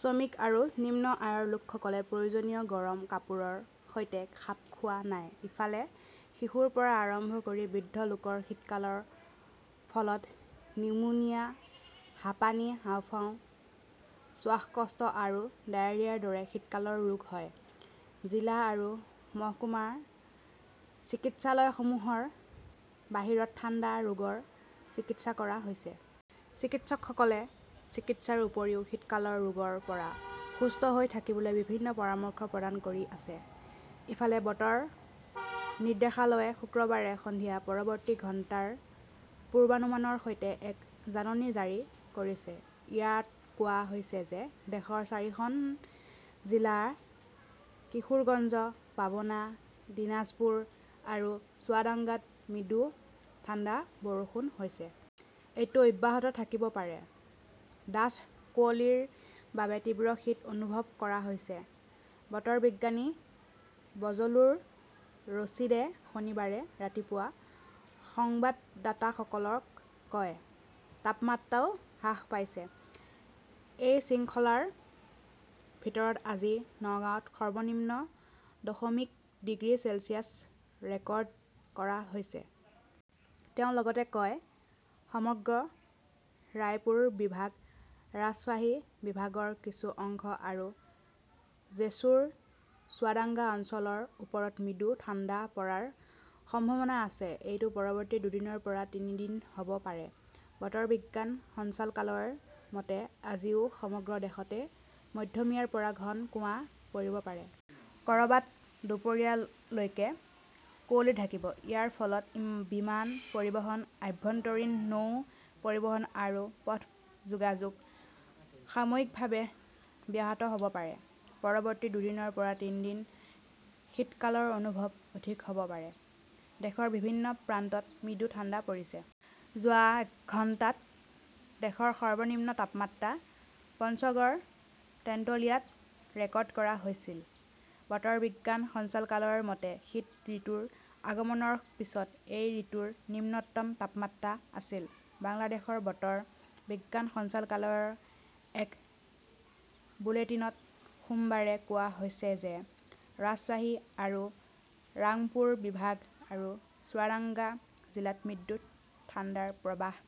শ্ৰমিক আৰু নিম্ন আয়ৰ লোকসকলে প্ৰয়োজনীয় গৰম কাপোৰৰ সৈতে খাপ খোৱা নাই। ইফালে, শিশুৰ পৰা আৰম্ভ কৰি বৃদ্ধ লোকৰ শীতকালৰ ফলত নিউমোনিয়া, হাঁপানি, হাঁওফাঁও, শ্বাসকষ্ট আৰু ডায়েৰিয়াৰ দৰে শীতকালৰ ৰোগ হয়। জিলা আৰু মহকুমাৰ চিকিৎসালয়সমূহৰ বাহিৰত ঠাণ্ডা ৰোগীৰ চিকিৎসা কৰা হৈছে। চিকিৎসকসকলে চিকিৎসাৰ উপৰিও শীতকালৰ ৰোগৰ পৰা সুস্থ হৈ থাকিবলৈ বিভিন্ন পৰামৰ্শ প্ৰদান কৰি আছে। ইফালে, বতৰ নিৰ্দেশালয়ে শুক্ৰবাৰে সন্ধিয়া পৰৱৰ্তী ঘণ্টাৰ পূৰ্বানুমানৰ সৈতে এক জাননী জাৰি কৰিছে। ইয়াত কোৱা হৈছে যে ,দেশৰ চাৰিখন জিলা কিশোৰগঞ্জ, পাবনা, দিনাজপুৰ আৰু চুৱাডাঙ্গাত মৃদু ঠাণ্ডা বৰষুণ হৈছে। এইটো অব্যাহত থাকিব পাৰে। "ডাঠ কুঁৱলীৰ বাবে তীব্ৰ শীত অনুভৱ কৰা হৈছে", বতৰ বিজ্ঞানী বজলুৰ ৰছিদে শনিবাৰে ৰাতিপুৱা সংবাদদাতাসকলক কয়। তাপমাত্ৰাও হ্ৰাস পাইছে। এই শৃংখলাৰ ভিতৰত আজি নওগাঁত সৰ্বনিম্ন দশমিক ডিগ্ৰী চেলছিয়াছ ৰেকৰ্ড কৰা হৈছে। তেওঁ লগতে কয়, "সমগ্ৰ ৰাংপুৰ বিভাগ, ৰাজশ্বাহী বিভাগৰ কিছু অংশ আৰু জেছুৰ, চুৱাডাঙ্গা অঞ্চলৰ ওপৰত মৃদু ঠাণ্ডা পৰাৰ সম্ভাৱনা আছে। এইটো পৰৱৰ্তী দুদিনৰ পৰা তিনি দিন হ'ব পাৰে।" বতৰ বিজ্ঞান সঞ্চালকালয়ৰ মতে, আজিও সমগ্ৰ দেশতে মধ্যমীয়াৰ পৰা ঘন কুৱা পৰিব পাৰে। ক'ৰবাত দুপৰীয়া লৈকে কুঁৱলী থাকিব। ইয়াৰ ফলত বিমান পৰিবহণ, আভ্যন্তৰীণ নৌ পৰিবহণ আৰু পথ যোগাযোগ সাময়িকভাৱে ব্যাহত হ'ব পাৰে। পৰৱৰ্তী দুদিনৰ পৰা তিনি দিন শীতকালৰ অনুভৱ অধিক হ'ব পাৰে। দেশৰ বিভিন্ন প্ৰান্তত মৃদু ঠাণ্ডা পৰিছে। যোৱা ঘণ্টাত দেশৰ সৰ্বনিম্ন তাপমাত্ৰা পঞ্চগড়ৰ তেন্তুলিয়াত ৰেকৰ্ড কৰা হৈছিল। বতৰ বিজ্ঞান সঞ্চালকালয়ৰ মতে, শীত ঋতুৰ আগমনৰ পিছত এই ঋতুৰ নিম্নতম তাপমাত্ৰা আছিল। বাংলাদেশৰ বতৰ বিজ্ঞান সঞ্চালকালয়ৰ এক বুলেটিনত সোমবাৰে কোৱা হৈছে যে ,ৰাজশ্বাহী আৰু ৰাংপুৰ বিভাগ আৰু চুৱাডাঙ্গা জিলাত মৃদু ঠাণ্ডাৰ প্ৰৱাহ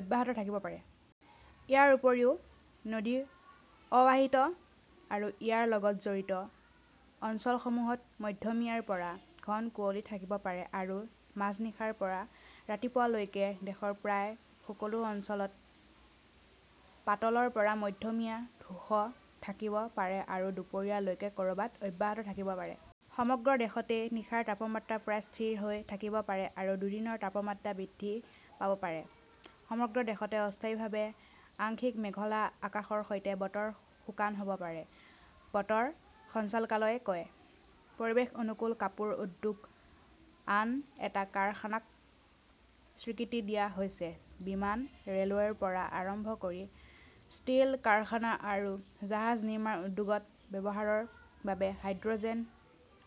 অব্যাহত থাকিব পাৰে। ইয়াৰ উপৰিও নদী অৱবাহিকা আৰু ইয়াৰ লগত জড়িত অঞ্চলসমূহত মধ্যমীয়াৰ পৰা ঘন কুঁৱলী থাকিব পাৰে আৰু মাজনিশাৰ পৰা ৰাতিপুৱা লৈকে দেশৰ প্ৰায় সকলো অঞ্চলত পাতলৰ পৰা মধ্যমীয়া ধূস থাকিব পাৰে আৰু দুপৰীয়া লৈকে ক'ৰবাত অব্যাহত থাকিব পাৰে। সমগ্ৰ দেশতে নিশাৰ তাপমাত্ৰা প্ৰায় স্থিৰ হৈ থাকিব পাৰে আৰু দিনৰ তাপমাত্ৰা বৃদ্ধি পাব পাৰে। সমগ্ৰ দেশতে অস্থায়ীভাৱে আংশিক মেঘলা আকাশৰ সৈতে বতৰ শুকান হ'ব পাৰে, বতৰ সঞ্চালকালয়ই কয়। পৰিৱেশ অনুকূল কাপোৰ উদ্যোগ আন এটা কাৰখানাক স্বীকৃতি দিয়া হৈছে বিমান ,ৰে'লৰ পৰা আৰম্ভ কৰি ষ্টীল কাৰখানা আৰু জাহাজ নিৰ্মাণ উদ্যোগত ব্যৱহাৰৰ বাবে হাইড্ৰ'জেন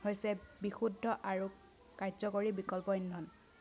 হৈছে বিশুদ্ধ আৰু কাৰ্যকৰী বিকল্প ইন্ধন।